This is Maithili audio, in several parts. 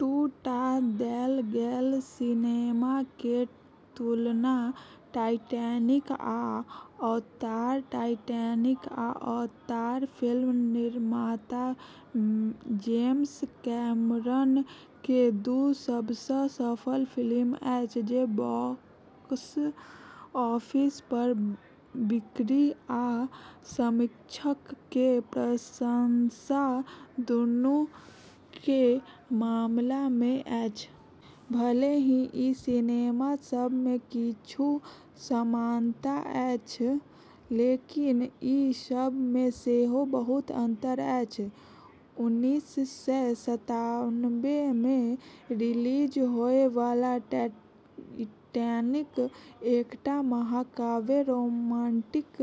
दू टा देल गेल सिनेमा के तुलना। टाइटैनिक आ अवतार। टाइटैनिक आ अवतार फिल्म निर्माता जेम्स कैमरन के दू सबसँ सफल फिल्म अछि, जे बॉक्स ऑफिस पर बिक्री आ समीक्षक के प्रशंसा दुनू के मामला मे अछि। भले ही ई सिनेमा सब मे किछु समानता अछि, लेकिन ई सब मे सेहो बहुत अंतर अछि। उन्नीस सय सत्तानबे मे रिलीज होय वाला टाइटैनिक एकटा महाकाव्य रोमांटिक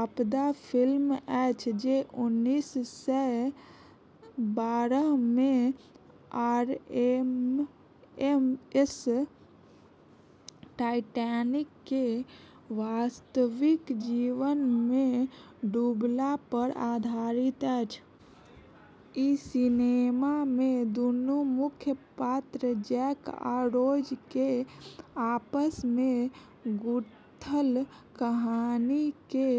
आपदा फिल्म अछि जे उन्नीस सय बारह मे आरएमएस टाइटैनिक के वास्तविक जीवन मे डूबला पर आधारित अछि। ई सिनेमा मे दुनू मुख्य पात्र जैक आ रोज के आपस मे गूंथल कहानी के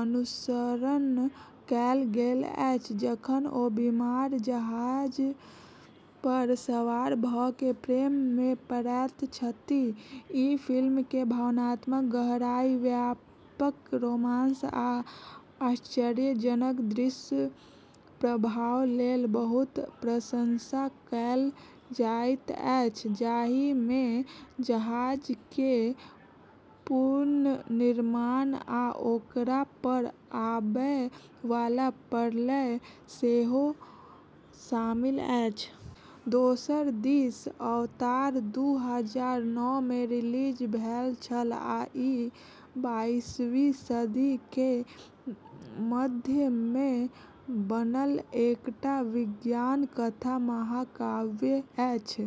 अनुसरण कएल गेल अछि, जखन ओ बीमार जहाज पर सवार भ क प्रेम मे पड़ैत छथि। ई फिल्म के भावनात्मक गहराई, व्यापक रोमांस, आ आश्चर्यजनक दृश्य प्रभाव लेल बहुत प्रशंसा कएल जाइत अछि, जाहि मे जहाज के पुनर्निर्माण आ ओकरा पर आबय वाला प्रलय सेहो शामिल अछि। दोसर दिस अवतार दू हजार नौ मे रिलीज भेल छल आ ई बाइसवीं सदी के मध्य मे बनल एकटा विज्ञान कथा महाकाव्य अछि।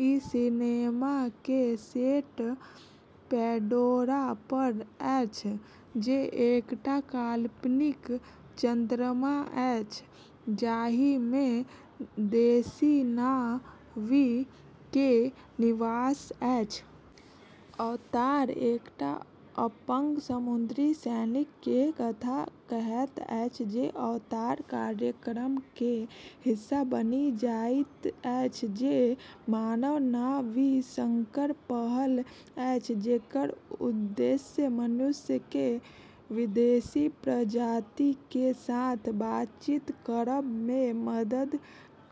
ई सिनेमा के सेट पैंडोरा पर अछि, जे एकटा काल्पनिक चंद्रमा अछि, जाहि मे देशी ना वी के निवास अछि। अवतार एकटा अपंग समुद्री सैनिक के कथा कहैत अछि जे अवतार कार्यक्रम के हिस्सा बनि जाइत अछि, जे मानव ना वी संकर पहल अछि जेकर उद्देश्य मनुष्य के विदेशी प्रजाति के साथ बातचीत करब मे मदद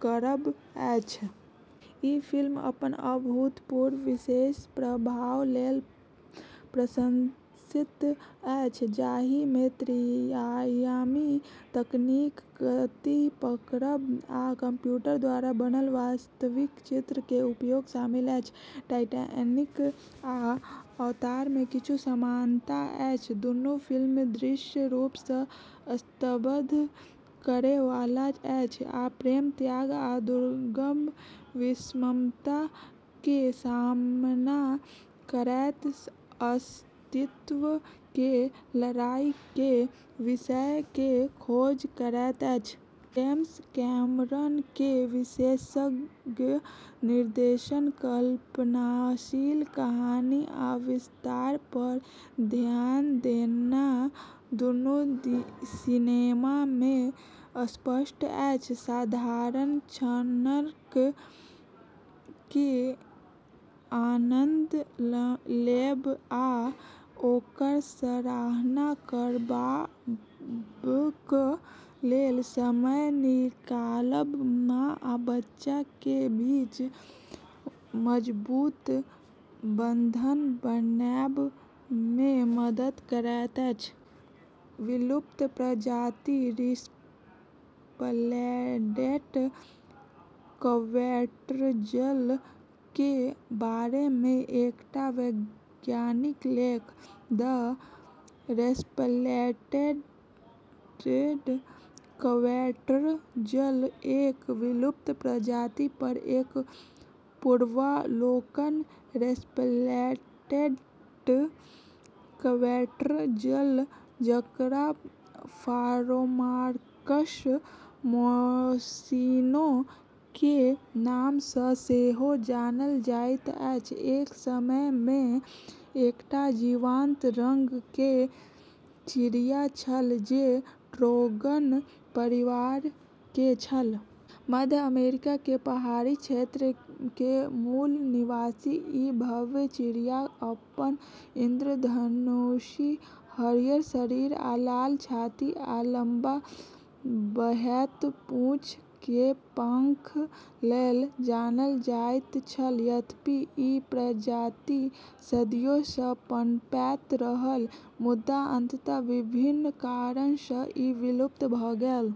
करब अछि। ई फिल्म अपन अभूतपूर्व विशेष प्रभाव लेल प्रशंसित अछि, जाहि मे त्रिआयामी तकनीक, गति पकड़ब, आ कंप्यूटर द्वारा बनल वास्तविक चित्र के उपयोग शामिल अछि। टाइटैनिक आ अवतार मे किछु समानता अछि। दुनू फिल्म दृश्य रूप सँ स्तब्ध करय वाला अछि आ प्रेम, त्याग, आ दुर्गम विषमता के सामना करैत अस्तित्व के लड़ाई के विषय के खोज करैत अछि। जेम्स कैमरन के विशेषज्ञ निर्देशन, कल्पनाशील कहानी, आ विस्तार पर ध्यान देना दुनू सिनेमा मे स्पष्ट अछि। साधारण क्षणक के आनंद लेब आ ओकर सराहना करबाक लेल समय निकालब माँ आ बच्चा के बीच मजबूत बंधन बनएब मे मदद करैत अछि। विलुप्त प्रजाति, रेस्प्लेंडेंट क्वेट्ज़ल के बारे मे एकटा वैज्ञानिक लेख। द रेस्प्लेंडेंट क्वेट्ज़ल एक विलुप्त प्रजाति पर एक पूर्वालोकन। रेस्प्लेंडेंट क्वेट्ज़ल, जकरा फारोमाक्रस मोसिनो के नाम सँ सेहो जानल जाइत अछि, एक समय मे एकटा जीवंत रंग के चिड़िया छल जे ट्रोगन परिवार के छल। मध्य अमेरिका के पहाड़ी क्षेत्र के मूल निवासी ई भव्य चिड़िया अपन इंद्रधनुषी हरियर शरीर, लाल छाती आ लम्बा, बहैत पूँछ के पंख लेल जानल जाइत छल। यद्यपि ई प्रजाति सदियो सँ पनपैत रहल, मुदा अंततः विभिन्न कारण सँ ई विलुप्त भ गेल।